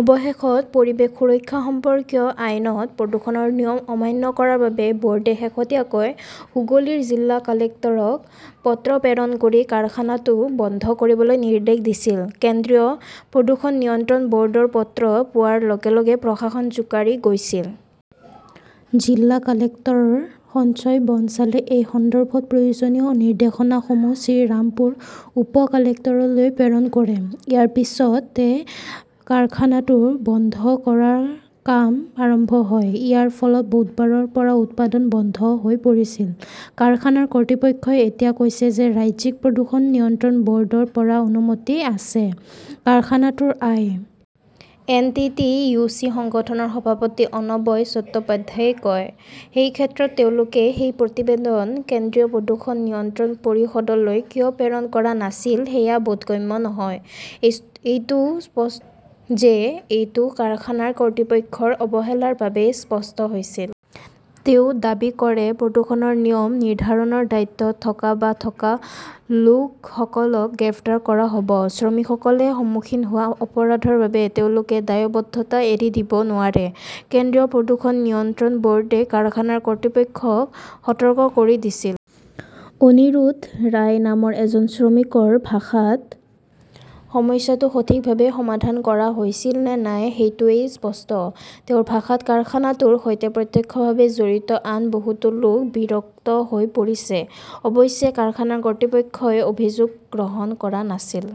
অৱশেষত পৰিৱেশ সুৰক্ষা সম্পৰ্কীয় আইনত প্ৰদূষণৰ নিয়ম অমান্য কৰাৰ বাবে বৰ্ডে শেহতীয়াকৈ হুগলীৰ জিলা কালেক্টৰক পত্ৰ প্ৰেৰণ কৰি কাৰখানাটো বন্ধ কৰিবলৈ নিৰ্দেশ দিছিল। কেন্দ্ৰীয় প্ৰদূষণ নিয়ন্ত্ৰণ বৰ্ডৰ পত্ৰ পোৱাৰ লগে লগে প্ৰশাসন জোকাৰি গৈছিল। জিলা কালেক্টৰ সঞ্জয় বনছালে এই সন্দৰ্ভত প্ৰয়োজনীয় নিৰ্দেশনাসমূহ শ্ৰীৰামপুৰ উপ-কালেক্টৰলৈ প্ৰেৰণ কৰে। ইয়াৰ পিছতে কাৰখানাটো বন্ধ কৰাৰ কাম আৰম্ভ হয়। ইয়াৰ ফলত বুধবাৰৰ পৰা উৎপাদন বন্ধ হৈ পৰিছিল। কাৰখানাৰ কৰ্তৃপক্ষই এতিয়া কৈছে যে ৰাজ্যিক প্ৰদূষণ নিয়ন্ত্ৰণ বৰ্ডৰ পৰা অনুমতি আছে কাৰখানাটোৰ I. N. T. T. U. C. সংগঠনৰ সভাপতি অনবয় চট্টোপাধ্যায়ই কয়। সেই ক্ষেত্ৰত তেওঁলোকে সেই প্ৰতিবেদন কেন্দ্ৰীয় প্ৰদূষণ নিয়ন্ত্ৰণ পৰিষদলৈ কিয় প্ৰেৰণ কৰা নাছিল সেয়া বোধগম্য নহয়। এইটো স্পষ্ট যে এইটো কাৰখানাৰ কৰ্তৃপক্ষৰ অৱহেলাৰ বাবেই হৈছিল। তেওঁ দাবী কৰে, প্ৰদূষণৰ নিয়ম নিৰ্ধাৰণৰ দায়িত্বত থকা বা থকা লোকসকলক গ্ৰেপ্তাৰ কৰা হ'ব। শ্ৰমিকসকলে সন্মুখীন হোৱা অপৰাধৰ বাবে তেওঁলোকে দায়বদ্ধতা এৰি দিব নোৱাৰে। কেন্দ্ৰীয় প্ৰদূষণ নিয়ন্ত্ৰণ বৰ্ডে কাৰখানাৰ কৰ্তৃপক্ষ সতৰ্ক কৰি দিছিল। অনিৰোধ ৰায় নামৰ এজন শ্ৰমিকৰ ভাষাত সমস্যাটো সঠিকভাৱে সমাধান কৰা হৈছিল নে নাই সেইটোৱেই ইস্পষ্ট। তেওঁৰ ভাষাত কাৰখানাটোৰ সৈতে প্ৰত্যক্ষভাৱে জড়িত আন বহুতো লোক বিৰক্ত হৈ পৰিছে। অৱশ্যে কাৰখানাৰ কৰ্তৃপক্ষই অভিযোগ গ্ৰহণ কৰা নাছিল।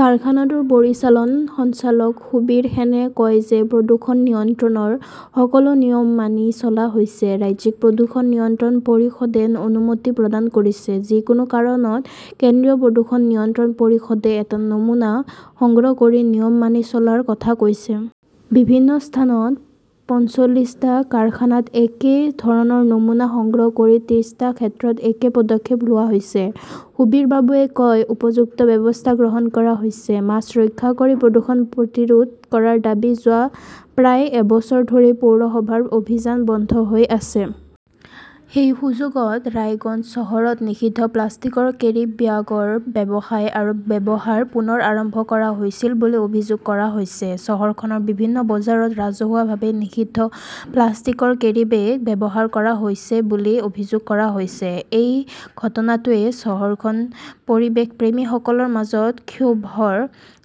কাৰখানাটোৰ পৰিচালন সঞ্চালক সুবীৰ সেনে কয় যে, প্ৰদূষণ নিয়ন্ত্ৰণৰ সকলো নিয়ম মানি চলা হৈছে। ৰাজ্যিক প্ৰদূষণ নিয়ন্ত্ৰণ পৰিষদে অনুমতি প্ৰদান কৰিছে। যিকোনো কাৰণত কেন্দ্ৰীয় প্ৰদূষণ নিয়ন্ত্ৰণ পৰিষদে এটা নমুনা সংগ্ৰহ কৰি নিয়ম মানি চলাৰ কথা কৈছে। বিভিন্ন স্থানত পঞ্চলিছটা কাৰখানাত একে ধৰণৰ নমুনা সংগ্ৰহ কৰি ত্ৰিশটা ক্ষেত্ৰত একে পদক্ষেপ লোৱা হৈছে। সুবীৰবাবুৱে কয়, উপযুক্ত ব্যৱস্থা গ্ৰহণ কৰা হৈছে। । মাছ ৰক্ষা কৰি প্ৰদূষণ প্ৰতিৰোধ কৰাৰ দাবী যোৱা প্ৰায় এবছৰ ধৰি পৌৰসভাৰ অভিযান বন্ধ হৈ আছে। সেই সুযোগত ৰায়গঞ্জ চহৰত নিষিদ্ধ প্লাষ্টিকৰ কেৰিব্যাগৰ ব্যৱসায় আৰু ব্যৱহাৰ পুনৰ আৰম্ভ কৰা হৈছিল বুলি অভিযোগ কৰা হৈছে। চহৰখনৰ বিভিন্ন বজাৰত ৰাজহুৱাভাৱে নিষিদ্ধ প্লাষ্টিকৰ কেৰীবেগ ব্যৱহাৰ কৰা হৈছে বুলি অভিযোগ কৰা হৈছে। এই ঘটনাটোৱে চহৰখনৰ পৰিৱেশপ্ৰেমী সকলৰ মাজত ক্ষোভৰ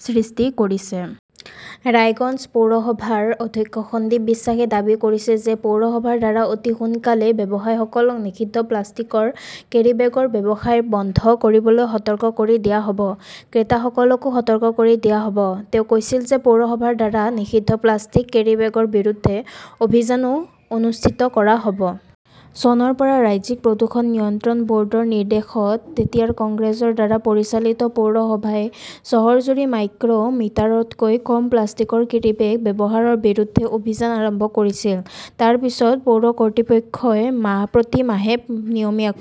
সৃষ্টি কৰিছে। ৰায়গঞ্জ পৌৰসভাৰ অধ্যক্ষ সন্দীপ বিশ্বাসে দাবী কৰিছে যে পৌৰসভাৰ দ্বাৰা অতি সোনকালেই ব্যৱসায়ীসকলক নিষিদ্ধ প্লাষ্টিকৰ কেৰিবেগৰ ব্যৱসায় বন্ধ কৰিবলৈ সতৰ্ক কৰি দিয়া হ 'ব। ক্ৰেতাসকলকো সতৰ্ক কৰি দিয়া হ'ব। তেওঁ কৈছিল যে পৌৰসভাৰ দ্বাৰা নিষিদ্ধ প্লাষ্টিক কেৰিবেগৰ বিৰুদ্ধে অভিযানও অনুষ্ঠিত কৰা হব । চনৰ পৰা ৰাজ্যিক প্ৰদূষণ নিয়ন্ত্ৰণ বৰ্ডৰ নিৰ্দেশত তেতিয়াৰ কংগ্ৰেছৰ দ্বাৰা পৰিচালিত পৌৰসভাই চহৰজুৰি মাইক্ৰ' মিটাৰতকৈ কম প্লাষ্টিকৰ কেৰিবেগ ব্যৱহাৰৰ বিৰুদ্ধে অভিযান আৰম্ভ কৰিছিল। তাৰ পিছত পৌৰ কৰ্তৃপক্ষই মাহ প্ৰতি মাহে নিয়মীয়াকৈ